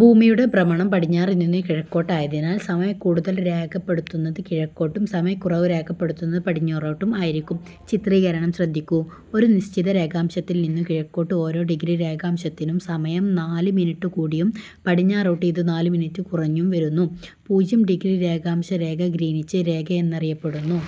ഭൂമിയുടെ ഭ്രമണം പടിഞ്ഞാറുനിന്നു കിഴക്കോട്ടായതിനാൽ സമയക്കൂടുതൽ രേഖപ്പെടുത്തുന്നത് കിഴക്കോട്ടും സമയക്കുറവ് രേഖപ്പെടുത്തുന്നത് പടിഞ്ഞാറോട്ടും ആയിരിക്കും. ചിത്രീകരണം ശ്രദ്ധിക്കൂ. ഒരു നിശ്ചിത രേഖാംശത്തിൽ നിന്നു കിഴക്കോട്ട് ഓരോ ഡിഗ്രി രേഖാംശത്തിനും സമയം നാല് മിനിറ്റ് കൂടിയും പടിഞ്ഞാറോട്ട് ഇത് നാല് മിനിറ്റ് കുറഞ്ഞും വരുന്നു. പൂജ്യം ഡിഗ്രി രേഖാംശരേഖ ഗ്രീനിച്ച് രേഖയെന്നറിയപ്പെടുന്നു.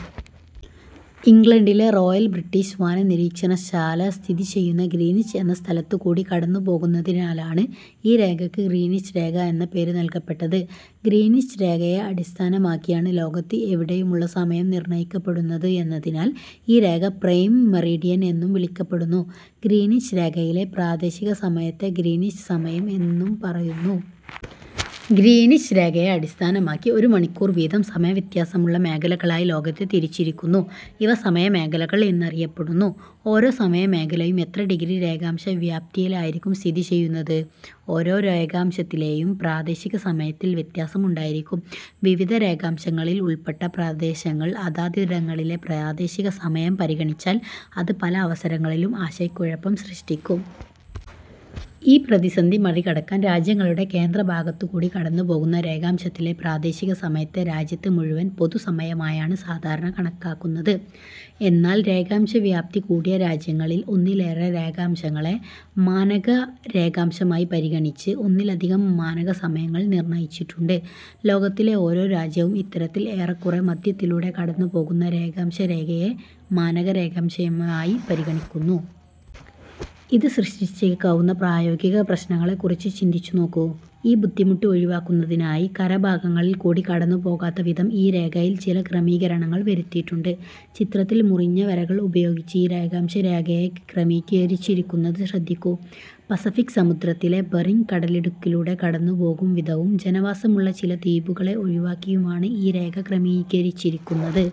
ഇംഗ്ലണ്ടിലെ റോയൽ ബ്രിട്ടീഷ് വാനനിരീക്ഷണശാല സ്ഥിതിചെയ്യുന്ന ഗ്രീനിച്ച് എന്ന സ്ഥലത്തുകൂടി കടന്നുപോകുന്നതിനാലാണ് ഈ രേഖയ്ക്ക് ഗ്രീനിച്ച് രേഖ എന്ന പേര് നൽകപ്പെട്ടത്. ഗ്രീനിച്ച് രേഖയെ അടിസ്ഥാനമാക്കിയാണ് ലോകത്ത് എവിടെയുമുള്ള സമയം നിർണയിക്കപ്പെടുന്നത് എന്നതിനാൽ ഈ രേഖ പ്രൈം മെറീഡിയൻ എന്നും വിളിക്കപ്പെടുന്നു. ഗ്രീനിച്ച് രേഖയിലെ പ്രാദേശികസമയത്തെ ഗ്രീനിച്ച് സമയം എന്നു പറയുന്നു. ഗ്രീനിച്ച് രേഖയെ അടിസ്ഥാനമാക്കി ഒരുമണിക്കൂർ വീതം സമയവ്യത്യാസമുള്ള മേഖലകളായി ലോകത്തെ തിരിച്ചിരിക്കുന്നു. ഇവ സമയമേഖലകൾ എന്ന് അറിയപ്പെടുന്നു. ഓരോ സമയമേഖലയും എത്ര ഡിഗ്രി രേഖാംശ വ്യാപ്തിയിലായിരിക്കും സ്ഥിതിചെയ്യുന്നത്? ഓരോ രേഖാംശത്തിലെയും പ്രാദേശികസമയത്തിൽ വ്യത്യാസം ഉണ്ടായിരിക്കും. വിവിധ രേഖാംശങ്ങളിൽ ഉൾപ്പെട്ട പ്രദേശങ്ങൾ അതാതിടങ്ങളിലെ പ്രാദേശികസമയം പരിഗണിച്ചാൽ അത് പല അവസരങ്ങളിലും ആശയക്കുഴപ്പം സൃഷ്ടിക്കും. ഈ പ്രതിസന്ധി മറികടക്കാൻ രാജ്യങ്ങളുടെ കേന്ദ്രഭാഗത്തുകൂടി കടന്നുപോകുന്ന രേഖാംശത്തിലെ പ്രാദേശികസമയത്തെ രാജ്യത്ത് മുഴുവൻ പൊതുസമയമായാണ് സാധാരണ കണക്കാക്കുന്നത്. എന്നാൽ രേഖാംശവ്യാപ്തി കൂടിയ രാജ്യങ്ങളിൽ ഒന്നിലേറെ രേഖാംശങ്ങളെ മാനകരേഖാംശമായി പരിഗണിച്ച് ഒന്നിലധികം മാനകസമയങ്ങൾ നിർണയിച്ചിട്ടുണ്ട്. ലോകത്തിലെ ഓരോ രാജ്യവും ഇത്തരത്തിൽ ഏറക്കുറേ മധ്യത്തിലൂടെ കടന്നുപോകുന്ന രേഖാംശരേഖയെ മാനകരേഖാംശമായി പരിഗണിക്കുന്നു. ഇത് സൃഷ്ടിച്ചേക്കാവുന്ന പ്രായോഗിക പ്രശ്നങ്ങളെ കുറിച്ച് ചിന്തിച്ചു നോക്കൂ. ഈ ബുദ്ധിമുട്ട് ഒഴിവാക്കുന്നതിനായി കരഭാഗങ്ങളിൽ കൂടി കടന്നുപോകാത്തവിധം ഈ രേഖയിൽ ചിലക്രമീകരണങ്ങൾ വരുത്തിയിട്ടുണ്ട്. ചിത്രത്തിൽ മുറിഞ്ഞവരകൾ ഉപയോഗിച്ച് ഈ രേഖാംശരേഖയെ ക്രമീകരിച്ചിരിക്കുന്നത് ശ്രദ്ധിക്കൂ. പസഫിക് സമുദ്രത്തിലെ ബെറിങ് കടലിടുക്കിലൂടെ കടന്നുപോകും വിധവും ജനവാസമുള്ള ചില ദ്വീപുകളെ ഒഴിവാക്കിയുമാണ് ഈ രേഖ ക്രമീകരിച്ചിരിക്കുന്നത്.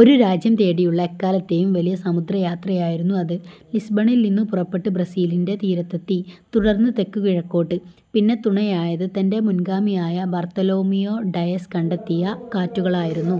ഒരു രാജ്യം തേടിയുള്ള എക്കാലത്തെയും വലിയ സമുദ്രയാത്രയായിരുന്നു അത്. ലിസ്ബണിൽ നിന്നു പുറപ്പെട്ട് ബ്രസീലിന്റെ തീരത്തെത്തി. തുടർന്ന് തെക്കുകിഴക്കോട്ട്. പിന്നെ തുണയായത് തന്റെ മുൻഗാമിയായ ബർത്തലോമിയോ ഡയസ് കണ്ടെത്തിയ കാറ്റുകളായിരുന്നു.